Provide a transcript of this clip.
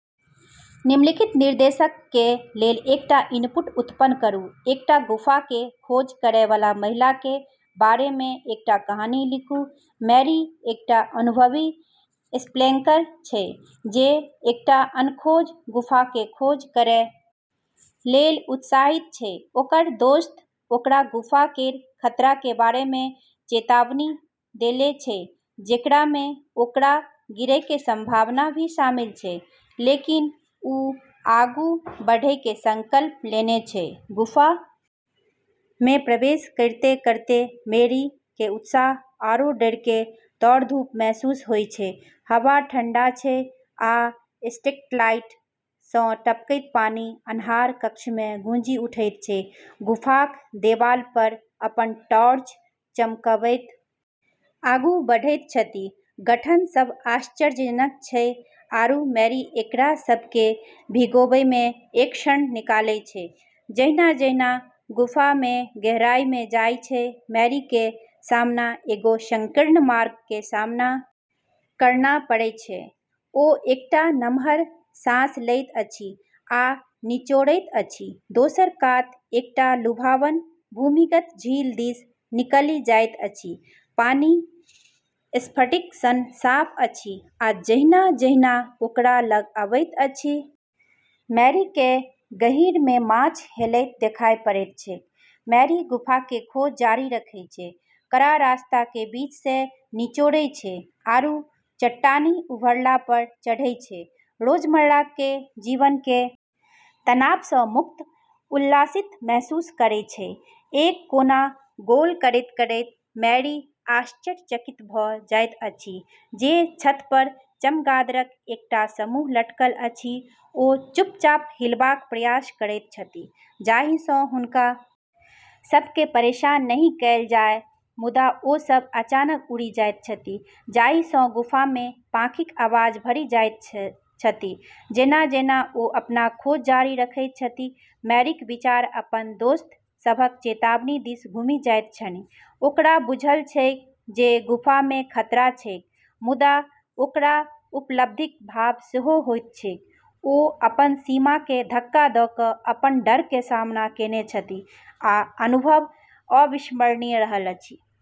निम्नलिखित निर्देशक कें लेल एकटा इनपुट उत्पन्न करूं, एकटा गुफा कें खोज करय वाला महिला कें बारे मे एकटा कहानी लिखूं मैरी एकटा अनुभवी स्पेलंकर छै जे एकटा अनखोज गुफा के खोज करय लेल उत्साहित छै ओकरऽ दोस्त ओकरा गुफा केरऽ खतरा के बारे मे चेतावनी देले छै जेकरा मे ओकरा गिरै के संभावना भी शामिल छै, लेकिन उ आगू बढ़ै के संकल्प लेनै छै, गुफा में प्रवेश करतें-करतें मैरी के उत्साह आरो डर के दौड़-धूप महसूस होय छै, हवा ठंडा छै आ स्टैलेक्टाइट सं टपकैत पानि अन्हार कक्ष में गूँजि उठैत छै, गुफाक देबाल पर अपन टॉर्च चमकबैत आगू बढ़ैत छथि, गठन सब आश्चर्यजनक छै आरू मैरी एकरा सब के भिगोबै में एक क्षण निकालै छै जहिना-जहिना गुफा में गहराई में जाय छै मैरी के सामना एगो संकीर्ण मार्ग के सामना करना पड़ै छै ओ एकटा नमहर साँस लैत अछि आ निचोड़ैत अछि, दोसर कात एकटा लुभावन भूमिगत झील दिस निकलि जाइत अछि, पानि स्फटिक सन साफ अछि आ जहिना-जहिना ओकरा लग अबैत अछि मैरी केँ गहींर मे माछ हेलैत देखाइ पड़ैत छैक, मैरी गुफा के खोज जारी रखै छै, कड़ा रास्ता के बीच से निचोड़ै छै आरू चट्टानी उभरला पर चढ़ै छै, रोजमर्रा के जीवन के तनाव स मुक्त, उल्लासित महसूस करै छै, एक कोना गोल करैत-करैत मैरी आश्चर्यचकित भ' जाइत अछि जे छत पर चमगादड़क एकटा समूह लटकल अछि, ओ चुपचाप हिलबाक प्रयास करैत छथि जाहि सँ हुनका सभ केँ परेशान नहि कयल जाय मुदा ओ सभ अचानक उड़ि जाइत छथि, जाहि सँ गुफा मे पाँखिक आवाज भरि जाइत छथि, जेना-जेना ओ अपन खोज जारी रखैत छथि, मैरीक विचार अपन दोस्त सभक चेतावनी दिस घुमि जाइत छनि ओकरा बुझल छैक जे गुफा मे खतरा छैक मुदा ओकरा उपलब्धिक भाव सेहो होइत छैक, ओ अपन सीमा के धक्का द क अपन डर के सामना केने छथि आ अनुभव अविस्मरणीय रहल अछि।